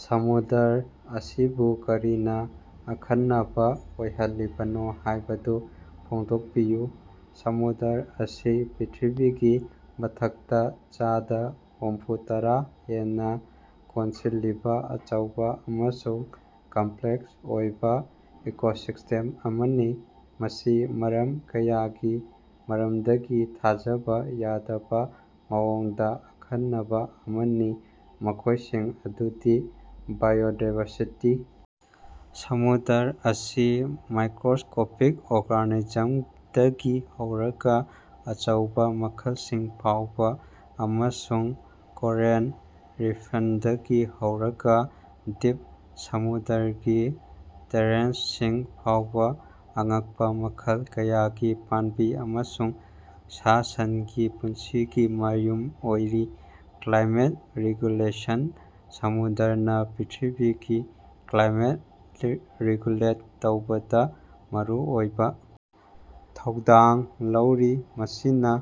ꯁꯃꯨꯗ꯭ꯔ ꯑꯁꯤꯕꯨ ꯀꯔꯤꯅꯥ ꯑꯈꯟꯅꯕꯥ ꯑꯣꯏꯍꯜꯂꯤꯕꯅꯣ ꯍꯥꯏꯕꯗꯨ ꯐꯣꯡꯗꯣꯛꯄꯤꯌꯨ꯫ ꯁꯃꯨꯗ꯭ꯔ ꯑꯁꯤ ꯄ꯭ꯔꯤꯏꯊꯤꯕꯤꯒꯤ ꯃꯊꯛꯇꯥ ꯆꯥꯗꯥ ꯍꯨꯝꯐꯨꯇꯔꯥ ꯍꯦꯟꯅꯥ ꯀꯣꯟꯁꯤꯜꯂꯤꯕꯥ ꯑꯆꯧꯕꯥ ꯑꯃꯁꯨꯡ ꯀꯝꯄ꯭ꯂꯦꯛꯁ ꯑꯣꯏꯕꯥ ꯏꯀꯣꯁꯤꯁꯇꯦꯝ ꯑꯃꯅꯤ꯫ ꯃꯁꯤ ꯃꯔꯝ ꯀꯌꯥꯒꯤ ꯃꯔꯝꯗꯒꯤ ꯊꯥꯖꯕꯥ ꯌꯥꯗꯕꯥ ꯃꯑꯣꯡꯗꯥ ꯑꯈꯟꯅꯕꯥ ꯑꯃꯅꯤ, ꯃꯈꯣꯏꯁꯤꯡ ꯑꯗꯨꯗꯤ: ꯕꯥꯏꯑꯣꯗꯥꯏꯕꯔꯁꯤꯇꯤ: ꯁꯃꯨꯗ꯭ꯔ ꯑꯁꯤ ꯃꯥꯏꯀ꯭ꯔꯣꯁꯀꯣꯄꯤꯛ ꯑꯣꯔꯒꯥꯅꯤꯖꯝꯗꯒꯤ ꯍꯧꯔꯒꯥ ꯑꯆꯧꯕꯥ ꯝꯈꯜꯁꯤꯡ ꯐꯥꯎꯕꯥ ꯑꯃꯁꯨꯡ ꯀꯣꯔꯜ ꯔꯤꯐꯜꯗꯒꯤ ꯍꯧꯔꯒꯥ ꯗꯤꯞ ꯁꯃꯨꯗ꯭ꯔꯒꯤ ꯇ꯭ꯔꯦꯟꯆꯁꯤꯡ ꯐꯥꯎꯕꯥ ꯑꯉꯛꯄꯥ ꯃꯈꯜ ꯀꯌꯥꯒꯤ ꯄꯥꯝꯕꯤ ꯑꯃꯁꯨꯡ ꯁꯥ-ꯁꯟꯒꯤ ꯄꯨꯟꯁꯤꯒꯤ ꯃꯌꯨꯝ ꯑꯣꯏꯔꯤ꯫ ꯀ꯭ꯂꯥꯏꯃꯦꯠ ꯔꯦꯒꯨꯂꯦꯁꯟ: ꯁꯃꯨꯗ꯭ꯔꯅꯥ ꯄ꯭ꯔꯤꯊꯤꯕꯤꯒꯤ ꯀ꯭ꯂꯥꯏꯃꯦꯠ ꯔꯤꯒꯨꯂꯦꯠ ꯇꯧꯕꯗꯥ ꯃꯔꯨꯑꯣꯏꯕꯥ ꯊꯧꯗꯥꯡ ꯂꯧꯔꯤ, ꯃꯁꯤꯅꯥ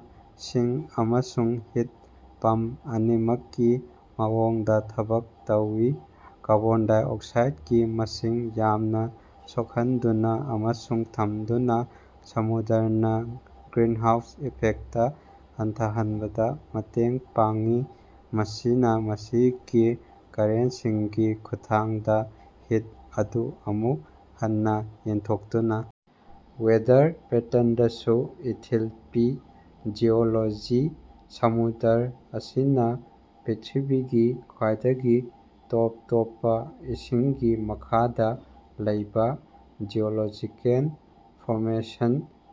ꯁꯤꯡ ꯑꯃꯁꯨꯡ ꯍꯤꯠ ꯄꯝ ꯑꯅꯤꯃꯛꯀꯤ ꯃꯑꯣꯡꯗꯥ ꯊꯕꯛ ꯇꯧꯏ꯫ ꯀꯥꯔꯕꯣꯟ ꯗꯥꯏꯑꯣꯛꯁꯥꯏꯗꯀꯤ ꯃꯁꯤꯡ ꯌꯥꯝꯅꯥ ꯁꯣꯛꯍꯟꯗꯨꯅꯥ ꯑꯃꯁꯨꯡ ꯊꯝꯗꯨꯅꯥ ꯁꯃꯨꯗ꯭ꯔꯅꯥ ꯒ꯭ꯔꯤꯟꯍꯥꯎꯁ ꯏꯐꯦꯛꯇ ꯍꯟꯊꯍꯟꯕꯗꯥ ꯃꯇꯦꯡ ꯄꯥꯡꯏ꯫ ꯃꯁꯤꯅꯥ ꯃꯁꯤꯒꯤ ꯀꯔꯦꯟꯁꯤꯡꯒꯤ ꯈꯨꯠꯊꯥꯡꯗꯥ ꯍꯤꯠ ꯑꯗꯨ ꯑꯃꯨꯛ ꯍꯟꯅꯥ ꯌꯦꯟꯊꯣꯛꯇꯨꯅꯥ ꯋꯦꯗꯔ ꯄꯦꯇ꯭ꯔꯟꯗꯁꯨ ꯏꯊꯤꯜ ꯄꯤ꯫ ꯖꯤꯑꯣꯂꯣꯖꯤ: ꯁꯃꯨꯗ꯭ꯔ ꯑꯁꯤꯅꯥ ꯄ꯭ꯔꯤꯊꯤꯕꯤꯒꯤ ꯈ꯭ꯋꯥꯏꯗꯒꯤ ꯇꯣꯞ ꯇꯣꯞꯄꯥ ꯏꯁꯤꯡꯒꯤ ꯃꯈꯥꯗꯥ ꯂꯩꯕꯥ ꯖꯤꯑꯣꯂꯣꯖꯤꯀꯦꯜ ꯐꯣꯔꯃꯦꯁꯟ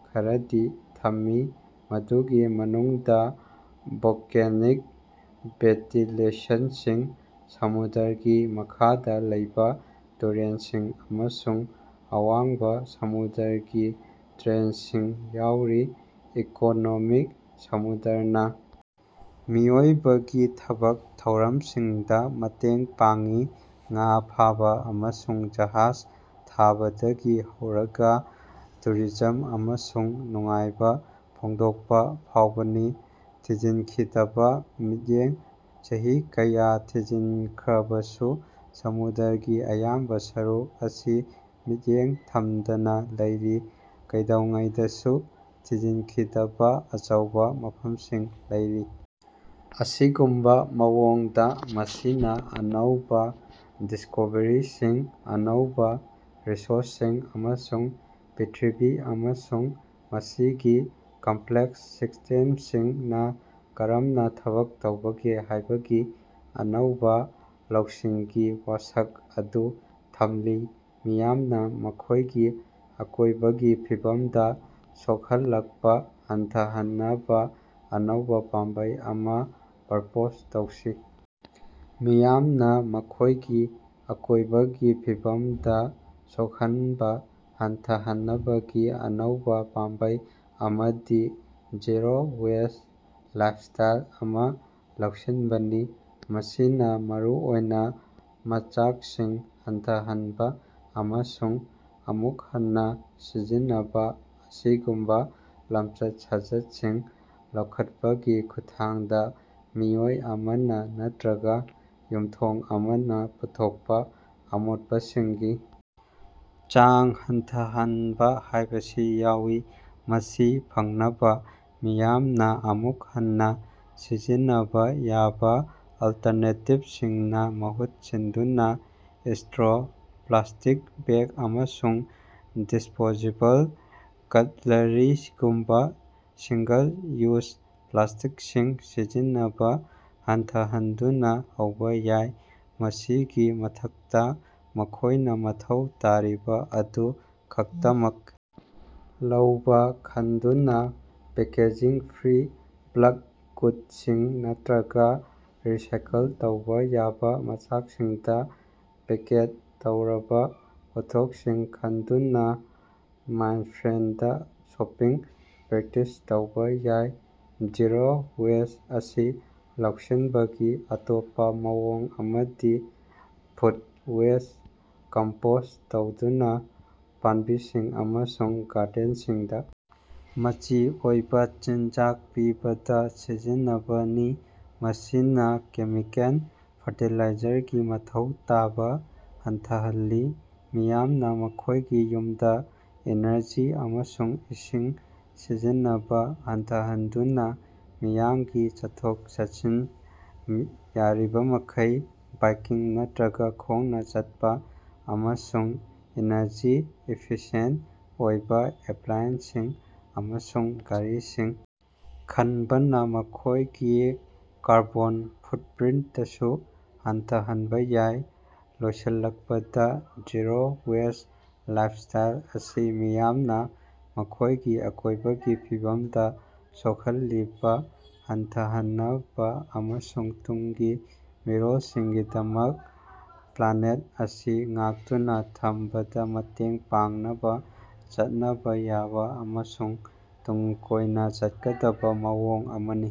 ꯈꯔꯗꯤ ꯊꯝꯃꯤ, ꯃꯗꯨꯒꯤ ꯃꯅꯨꯡꯗꯥ ꯚꯣꯜꯀꯦꯅꯤꯛ ꯚꯦꯟꯇꯤꯂꯦꯁꯟꯁꯤꯡ, ꯁꯃꯨꯗ꯭ꯔꯒꯤ ꯃꯈꯥꯗꯥ ꯂꯩꯕꯥ ꯇꯨꯔꯦꯜꯁꯤꯡ ꯑꯃꯁꯨꯡ ꯑꯋꯥꯡꯕꯥ ꯁꯃꯨꯗ꯭ꯔꯒꯤ ꯇ꯭ꯔꯦꯟꯆꯁꯤꯡ ꯌꯥꯎꯔꯤ꯫ ꯏꯀꯣꯅꯣꯃꯤꯛ: ꯁꯃꯨꯗ꯭ꯔꯅꯥ ꯃꯤꯑꯣꯏꯕꯒꯤ ꯊꯕꯛ ꯊꯧꯔꯝꯁꯤꯡꯗꯥ ꯃꯇꯦꯡ ꯄꯥꯡꯏ, ꯉꯥ ꯐꯥꯕꯥ ꯑꯃꯁꯨꯡ ꯖꯍꯥꯖ ꯊꯥꯕꯗꯒꯤ ꯍꯧꯔꯒꯥ ꯇꯨꯔꯤꯖꯝ ꯑꯃꯁꯨꯡ ꯅꯨꯡꯉꯥꯏꯕꯥ ꯐꯣꯡꯗꯣꯛꯄꯥ ꯐꯥꯎꯕꯅꯤ꯫ ꯊꯤꯖꯤꯟꯈꯤꯗꯕꯥ ꯃꯤꯠꯌꯦꯡ: ꯆꯍꯤ ꯀꯌꯥ ꯊꯤꯖꯤꯟꯈ꯭ꯔꯕꯁꯨ, ꯁꯃꯨꯗ꯭ꯔꯒꯤ ꯑꯌꯥꯝꯕꯥ ꯁꯔꯨꯛ ꯑꯁꯤ ꯃꯤꯠꯌꯦꯡ ꯊꯝꯗꯅꯥ ꯂꯩꯔꯤ, ꯀꯩꯗꯧꯉꯩꯗꯁꯨ ꯊꯤꯖꯤꯟꯈꯤꯗꯕꯥ ꯑꯆꯧꯕꯥ ꯃꯐꯝꯁꯤꯡ ꯂꯩꯔꯤ꯫ ꯑꯁꯤꯒꯨꯝꯕꯥ ꯃꯑꯣꯡꯗꯥ, ꯃꯁꯤꯅꯥ ꯑꯅꯧꯕꯥ ꯗꯤꯁꯀꯣꯚꯔꯤꯁꯤꯡ, ꯑꯅꯧꯕꯥ ꯔꯤꯁꯣꯔꯁꯁꯤꯡ, ꯑꯃꯁꯨꯡ ꯄ꯭ꯔꯤꯊꯤꯕꯤ ꯑꯃꯁꯨꯡ ꯃꯁꯤꯒꯤ ꯀꯝꯄ꯭ꯂꯦꯛꯁ ꯁꯤꯁꯇꯦꯝꯁꯤꯡꯅꯥ ꯀꯔꯝꯅꯥ ꯊꯕꯛ ꯇꯧꯕꯒꯦ ꯍꯥꯏꯕꯒꯤ ꯑꯅꯧꯕꯥ ꯂꯧꯁꯤꯡꯒꯤ ꯋꯥꯁꯛ ꯑꯗꯨ ꯊꯝꯂꯤ꯫ ꯃꯤꯌꯥꯝꯅꯥ ꯃꯈꯣꯏꯒꯤ ꯑꯀꯣꯏꯕꯒꯤ ꯐꯤꯕꯝꯗꯥ ꯁꯣꯛꯍꯜꯂꯛꯄꯥ ꯍꯟꯊꯍꯟꯅꯕꯥ ꯑꯅꯧꯕꯥ ꯄꯥꯝꯕꯩ ꯑꯃꯥ ꯄ꯭ꯔꯄꯣꯖ ꯇꯧꯁꯤ꯫ ꯃꯤꯌꯥꯝꯅꯥ ꯃꯈꯣꯏꯒꯤ ꯑꯀꯣꯏꯕꯒꯤ ꯐꯤꯕꯝꯗꯥ ꯁꯣꯛꯍꯟꯕꯥ ꯍꯟꯊꯍꯟꯅꯕꯒꯤ ꯑꯅꯧꯕꯥ ꯄꯥꯝꯕꯩ ꯑꯃꯗꯤ ꯖꯤꯔꯣ ꯋꯦꯁ ꯂꯥꯏꯐꯁ꯭ꯇꯥꯏꯜ ꯑꯃꯥ ꯂꯧꯁꯤꯟꯕꯅꯤ꯫ ꯃꯁꯤꯅꯥ ꯃꯔꯨꯑꯣꯏꯅꯥ ꯃꯆꯥꯛꯁꯤꯡ ꯍꯟꯊꯍꯟꯕꯥ ꯑꯃꯁꯨꯡ ꯑꯃꯨꯛ ꯍꯟꯅꯥ ꯁꯤꯖꯤꯟꯅꯕꯥ ꯑꯁꯤꯒꯨꯝꯕꯥ ꯂꯝꯆꯠ-ꯁꯥꯖꯠꯁꯤꯡ ꯂꯧꯈꯠꯄꯒꯤ ꯈꯨꯠꯊꯥꯡꯗꯥ ꯃꯤꯑꯣꯏ ꯑꯃꯅꯥ ꯅꯠꯇ꯭ꯔꯒꯥ ꯌꯨꯝꯊꯣꯡ ꯑꯃꯅꯥ ꯄꯨꯊꯣꯛꯄꯥ ꯑꯃꯣꯠꯄꯁꯤꯡꯒꯤ ꯆꯥꯡ ꯍꯟꯊꯍꯟꯕꯥ ꯍꯥꯏꯕꯁꯤ ꯌꯥꯎꯏ꯫ ꯃꯁꯤ ꯐꯪꯅꯕꯥ ꯃꯤꯌꯥꯝꯅꯥ ꯑꯃꯨꯛ ꯍꯟꯅꯥ ꯁꯤꯖꯤꯟꯅꯕꯥ ꯌꯥꯕꯥ ꯑꯜꯇꯔꯅꯦꯇꯤꯞꯁꯤꯡꯅꯥ ꯃꯍꯨꯠ ꯁꯤꯟꯗꯨꯅꯥ ꯢꯁꯇ꯭ꯔꯣ, ꯄ꯭ꯂꯥꯁꯇꯤꯛ ꯕꯦꯒ, ꯑꯃꯁꯨꯡ ꯗꯤꯁꯄꯣꯖꯦꯕꯜ ꯀꯠꯂꯔꯤꯒꯨꯝꯕꯥ ꯁꯤꯡꯒꯜ-ꯌꯨꯖ ꯄ꯭ꯂꯥꯁꯇꯤꯛꯁꯤꯡ ꯁꯤꯖꯤꯟꯅꯕꯥ ꯍꯟꯊꯍꯟꯗꯨꯅꯥ ꯍꯧꯕꯥ ꯌꯥꯏ꯫ ꯃꯁꯤꯒꯤ ꯃꯊꯛꯇꯥ, ꯃꯈꯣꯏꯅꯥ ꯃꯊꯧ ꯇꯥꯔꯤꯕꯥ ꯑꯗꯨ ꯈꯛꯇꯃꯛ ꯂꯧꯕꯥ ꯈꯟꯗꯨꯅꯥ, ꯄꯦꯀꯦꯖꯤꯡ-ꯐ꯭ꯔꯤ ꯕꯜꯀ ꯒꯨꯗꯁꯤꯡ ꯅꯠꯇ꯭ꯔꯒꯥ ꯔꯤꯁꯥꯏꯀꯜ ꯇꯧꯕꯥ ꯌꯥꯕꯥ ꯃꯆꯥꯛꯁꯤꯡꯗꯥ ꯄꯦꯀꯦꯠ ꯇꯧꯔꯕꯥ ꯄꯣꯠꯊꯣꯛꯁꯤꯡ ꯈꯟꯗꯨꯅꯥ ꯃꯥꯏꯟꯐ꯭ꯔꯦꯟꯗ ꯁꯣꯄꯤꯡ ꯄ꯭ꯔꯦꯛꯇꯤꯁ ꯇꯧꯕꯥ ꯌꯥꯏ꯫ ꯖꯤꯔꯣ ꯋꯦꯁ ꯑꯁꯤ ꯂꯧꯁꯤꯟꯕꯒꯤ ꯑꯇꯣꯞꯄꯥ ꯃꯑꯣꯡ ꯑꯃꯗꯤ ꯐꯨꯗ ꯋꯦꯁ ꯀꯝꯄꯣꯁ ꯇꯧꯗꯨꯅꯥ ꯄꯥꯝꯕꯤꯁꯤꯡ ꯑꯃꯁꯨꯡ ꯒꯥꯔꯗꯦꯟꯁꯤꯡꯗꯥ ꯃꯆꯤ ꯑꯣꯏꯕꯥ ꯆꯤꯟꯖꯥꯛ ꯄꯤꯕꯗꯥ ꯁꯤꯖꯤꯟꯅꯕꯅꯤ, ꯃꯁꯤꯅꯥ ꯀꯦꯃꯤꯀꯦꯜ ꯐꯔꯇꯤꯂꯥꯏꯖꯔꯒꯤ ꯃꯊꯧ ꯇꯥꯕꯥ ꯍꯟꯊꯍꯜꯂꯤ꯫ ꯃꯤꯌꯥꯝꯅꯥ ꯃꯈꯣꯏꯒꯤ ꯌꯨꯝꯗꯥ ꯏꯅꯔꯖꯤ ꯑꯃꯁꯨꯡ ꯏꯁꯤꯡ ꯁꯤꯖꯤꯟꯅꯕꯥ ꯍꯟꯊꯍꯟꯗꯨꯅꯥ, ꯃꯤꯌꯥꯝꯒꯤ ꯆꯠꯊꯣꯛ-ꯆꯠꯁꯤꯟ, ꯌꯥꯔꯤꯕꯃꯈꯩ ꯕꯥꯏꯀꯤꯡ ꯅꯠꯇ꯭ꯔꯒꯥ ꯈꯣꯡꯅꯥ ꯆꯠꯄꯥ, ꯑꯃꯁꯨꯡ ꯏꯅꯔꯖꯤ ꯏꯐꯤꯁꯤꯌꯦꯟꯇ ꯑꯣꯏꯕꯥ ꯑꯦꯄ꯭ꯂꯥꯏꯑꯦꯟꯁꯁꯤꯡ ꯑꯃꯁꯨꯡ ꯒꯥꯔꯤꯁꯤꯡ ꯈꯟꯕꯅꯥ ꯃꯈꯣꯏꯒꯤ ꯀꯥꯔꯕꯣꯟ ꯐꯨꯠꯄ꯭ꯔꯤꯟꯇꯁꯨ ꯍꯟꯊꯍꯟꯕꯥ ꯌꯥꯏ꯫ ꯂꯣꯏꯁꯤꯜꯂꯛꯄꯗꯥ, ꯖꯤꯔꯣ ꯋꯦꯁ ꯂꯥꯏꯐꯁ꯭ꯇꯥꯏꯜ ꯑꯁꯤ ꯃꯤꯌꯥꯝꯅꯥ ꯃꯈꯣꯏꯒꯤ ꯑꯀꯣꯏꯕꯒꯤ ꯐꯤꯕꯝꯗꯥ ꯁꯣꯛꯍꯜꯂꯤꯕꯥ ꯍꯟꯊꯍꯟꯅꯕꯥ ꯑꯃꯁꯨꯡ ꯇꯨꯡꯒꯤ ꯃꯤꯔꯣꯜꯁꯤꯡꯒꯤꯗꯃꯛꯇꯥ ꯄ꯭ꯂꯥꯅꯦꯠ ꯑꯁꯤ ꯉꯥꯛꯇꯨꯅꯥ ꯊꯝꯕꯗꯥ ꯃꯇꯦꯡ ꯄꯥꯡꯅꯕꯥ ꯆꯠꯅꯕꯥ ꯌꯥꯕꯥ ꯑꯃꯁꯨꯡ ꯇꯨꯡ ꯀꯣꯏꯅꯥ ꯆꯠꯀꯗꯕꯥ ꯃꯑꯣꯡ ꯑꯃꯅꯤ꯫